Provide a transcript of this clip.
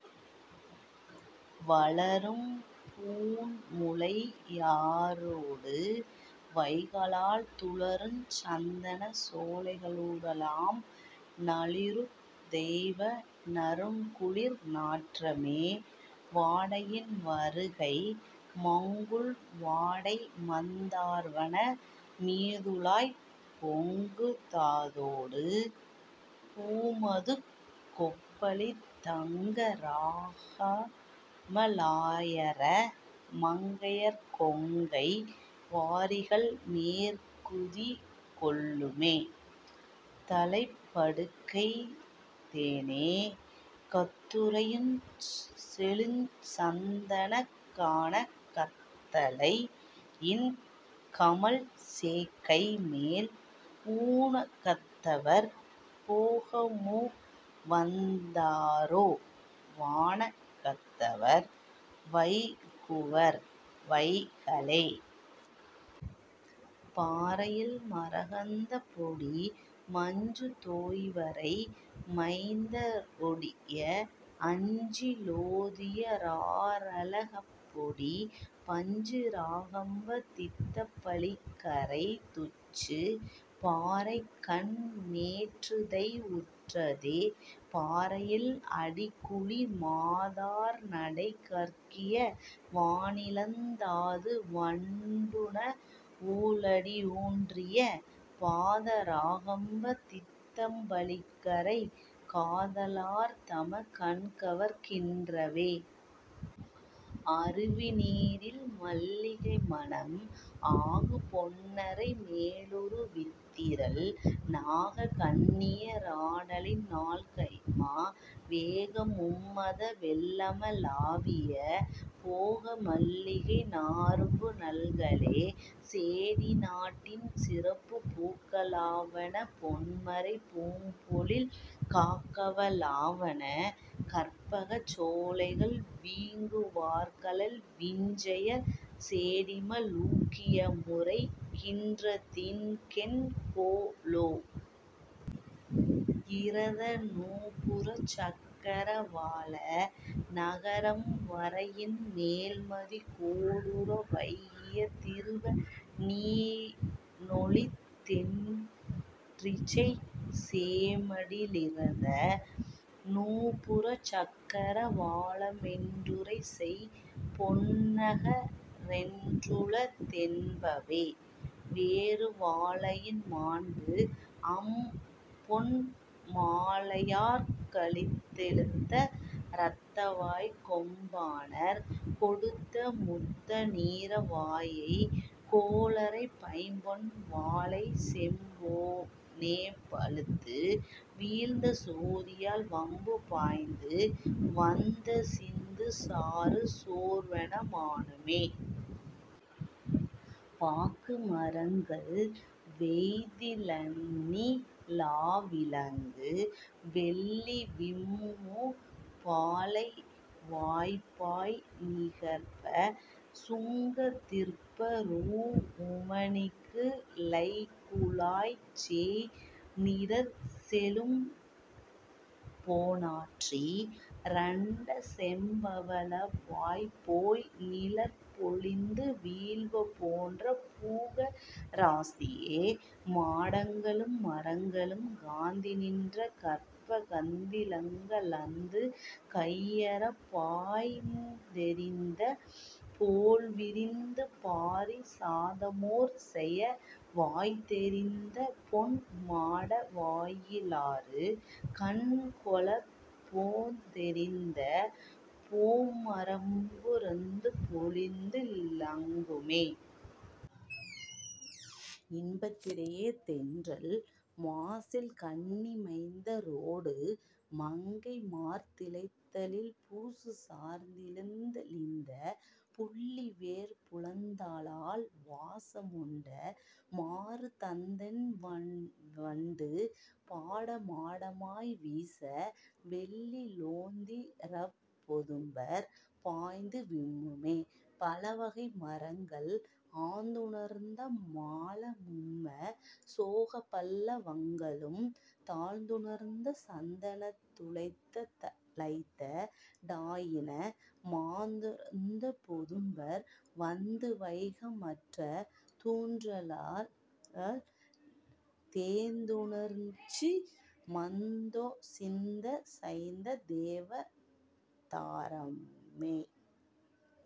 வளரும் பூண்முலை யாரொடு வைகலால் துளருஞ் சந்தனச் சோலைக ளூடெலாம் நளிருந் தெய்வ நறுங்குளிர் நாற்றமே. வாடையின் வருகை மங்குல் வாடைமந் தார்வன மீதுழாய்ப் பொங்கு தாதொடு பூமதுக் கொப்பளித் தங்க ராகம ளாயர மங்கையர் கொங்கை வாரிகள் மேற்குதி கொள்ளுமே. தழைப் படுக்கை தேன கத்துறை யுஞ்செழுஞ் சந்தனக் கான கத்தழை யின்கமழ் சேக்கை மேல் ஊன கத்தவர் போகமு வந்தரோ வான கத்தவர் வைகுவர் வைகலே. பாறையில் மகரந்தப்பொடி மஞ்சு தோய்வரை மைந்தரொ டடிய அஞ்சி லோதிய ராரள கப்பொடி பஞ்ச ராகம்ப தித்தப ளிக்கறைத் துஞ்சு பாறைகண் மேற்று தை வுற்றதே. பாறையில் அடிக்குறி மாத ரார்நடை கற்கிய வானிழிந் தாது வண்டுண வூழடி யூன்றிய பாத ராகம்ப தித்தப ளிக்கறை காத லார்தம கண்கவர் கின்றவே. அருவிநீரில் மல்லிகை மணம் ஆகு பொன்னறை மேலரு வித்திரள் நாக கன்னிய ராடலின் ஞால்கைம்மா வேக மும்மத வெள்ளம ளாவிய போக மல்லிகை நாறும்பு னல்களே. சேடி நாட்டின் சிறப்பு பூக்க ளாவன பொன்மரை பூம்பொழில் காக்க ளாவன கற்பகச் சோலைகள் வீக்கு வார்கழல் விஞ்சையர் சேடிமே லூக்கி யமுரைக் கின்றதிங் கென்கொலோ. இரதநூபுரச் சக்கரவாள நகரம் வரையின் மேன்மதி கோடுற வைகிய திருவ நீளொளித் தென்றிசைச் சேடிமே லிரத நூபுரச் சக்கர வாளமென் றுரைசெய் பொன்னக ரொன்றுள தென்பவே. வேறு -- வாழையின் மாண்பு அம்பொன் மாலையார்க ளித்த லத்தெ ழுந்த ரத்தவாய்க் கொம்பா னார் கொடுத்த முத்த நீர வாய கோழரைப் பைம்பொன் வாழை செம்பொ னேப ழுத்து வீழ்ந்த சோதியால் வம்பு பாய்ந்து வந்தொ சிந்து சாறு சோர்வ மானுமே. பாக்கு மரங்கள் வேய்தி ழன்னி லாவி லங்கு வெள்ளி விம்மு பாளைவாய்ப் பாய்நி ழற்ப சுங்க திர்ப்ப ரூஉம ணிக்கு லைகுலாய்ச் சேய்நி ழற்செ ழும்பொ னாற்றி ரண்ட செம்ப ழத்தவாய்ப் போய்நி ழற்பொ லிந்து வீழ்வ போன்ற பூக ராசியே. மாடங்களும் மரங்களும் காந்தி நின்ற கற்ப கந்தி ழற்க லந்து கையறப் பாய்ந்தெ ரிந்த போல்வி ரிந்து பாரி சாத மோர்செய வாய்ந்தெ ரிந்த பொன் மாட வாயி லாறு கண்கொளப் போந்தெ ரிந்த போன்ம ரம்பு றம்பொ லிந்தி லங்குமே. இன்பத்திடையே தென்றல் மாசில் கண்ணி மைந்த ரோடு மங்கை மார்தி ளைத்தலில் பூசு சாந்த ழித்தி ழிந்த புள்ளி வேர்பு லர்த்தலால் வாச முண்ட மாரு தந்தென் வண்டு பாட மாடவாய் வீச வெள்ளி லோத்தி ரப்பொ தும்பர் பாய்ந்து விம்முமே. பலவகை மரங்கள் ஆந்து ணர்த்த மால மும்ம சோக பல்ல வங்களும் தாந்து ணர்த்த சந்த னத்த ழைத்த லைத்த டாயின மாந்து ணர்ப்பொ தும்பர் வந்து வைக மற்ற தூன்றலால் தேந்து ணர்ச்சு மந்தொ சிந்த சைந்த தேவ தாரமே.